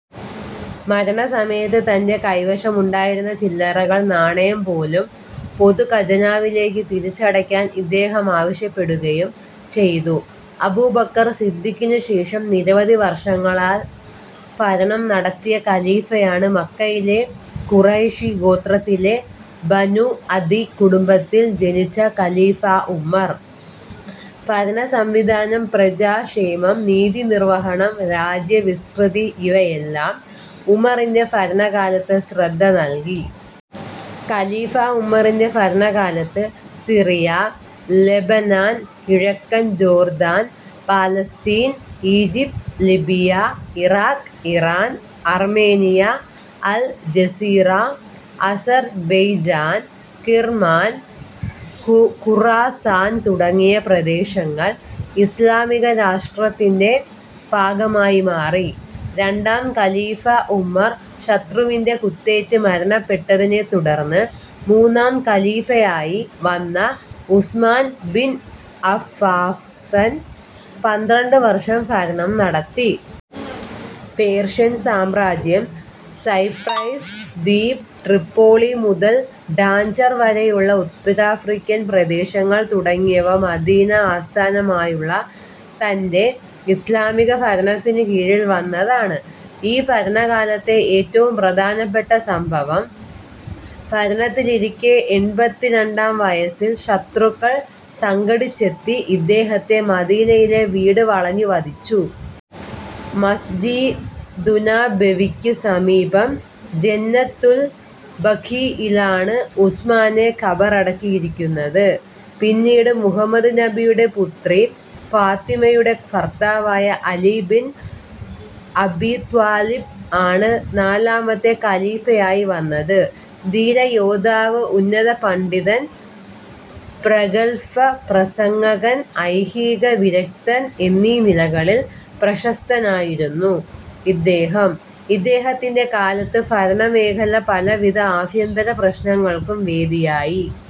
മരണസമയത്ത് തന്റെ കൈവശം ഉണ്ടായിരുന്ന ചില്ലറ നാണയങ്ങൾ പോലും പൊതു ഖജനാവിലേക്ക് തിരിച്ചടയ്ക്കാൻ ഇദ്ദേഹം ആവശ്യപ്പെടുകയും ചെയ്തു. അബൂബക്കർ സിദ്ധീഖിന് ശേഷം നിരവധി വർഷങ്ങൾ ഭരണം നടത്തിയ ഖലീഫയാണ് മക്കയിലെ ഖുറൈഷി ഗോത്രത്തിലെ ബനൂ അദിയ്യ് കുടുംബത്തിൽ ജനിച്ച ഖലീഫ ഉമ്മർ. ഭരണസംവിധാനം, പ്രജാക്ഷേമം, നീതിനിർവഹണം, രാജ്യവിസതൃതി ഇവയിലെല്ലാം ഉമറിന്റെ ഭരണകാലത്ത് ശ്രദ്ധ നൽകി. ഖലീഫ ഉമറിന്റെ ഭരണകാലത്ത് സിറിയ, ലെബനാൻ, കിഴക്കൻ Jordan, Palestine, Egypt, Libya, Iraq, Iran, Armenia, Al Jazira, Azerbaijan, Kirman, Khorasan തുടങ്ങിയ പ്രദേശങ്ങൾ ഇസ്ലാമിക രാഷ്ട്രത്തിന്റെ ഭാഗമായി മാറി. രണ്ടാം ഖലീഫ ഉമർ ശത്രുവിന്റെ കുത്തേറ്റ് മരണപെട്ടതിനെ തുടർന്ന് മൂന്നാം ഖലീഫയായി വന്ന ഉസ്മാൻ ബിൻ അഫ്ഫാൻ പന്ത്രണ്ട് വർഷം ഭരണം നടത്തി. പേർഷ്യൻ സാമ്രാജ്യം, സൈപ്രസ് ദ്വീപ്, ട്രിപ്പൊളി മുതൽ ഡാഞ്ചർ വരെയുള്ള ഉത്തരാഫ്രിക്കൻ പ്രദേശങ്ങൾ തുടങ്ങിയവ മദീന ആസ്ഥാനമായുള്ള തന്റെ ഇസ്ലാമിക ഭരണത്തിനു കീഴിൽ വന്നതാണ് ഈ ഭരണകാലത്തെ ഏറ്റവും പ്രധാനപ്പെട്ട സംഭവം. ഭരണത്തിലിരിക്കെ എൺപത്തി രണ്ടാം വയസ്സിൽ ശത്രുക്കൾ സംഘടിച്ചെത്തി ഇദ്ദേഹത്തെ മദീനയിലെ വീട് വളഞ്ഞ് വധിച്ചു. മസ്ജിദുന്നബവിക്ക് സമീപം ജന്നതുൽ ബഖീഇലാണ് ഉസ്മാനെ ഖബറടക്കിയിരിക്കുന്നത്. പിന്നീട് മുഹമ്മദ് നബിയുടെ പുത്രി ഫാത്വിമയുടെ ഭർത്താവായ അലി ബിൻ അബീത്വാലിബ് ആണ് നാലാമത്തെ ഖലീഫയായി വന്നത്. ധീര യോദ്ധാവ്, ഉന്നത പണ്ഡിതൻ, പ്രഗല്ഭ പ്രസംഗകൻ, ഐഹീക വിരക്തൻ എന്നീ നിലകളിൽ പ്രശസ്തനായിരുന്നു ഇദ്ദേഹം. ഇദ്ദേഹത്തിന്റെ കാലത്ത് ഭരണ മേഖല പലവിധ അഭ്യന്തര പ്രശ്നങ്ങൾക്കും വേദിയായി.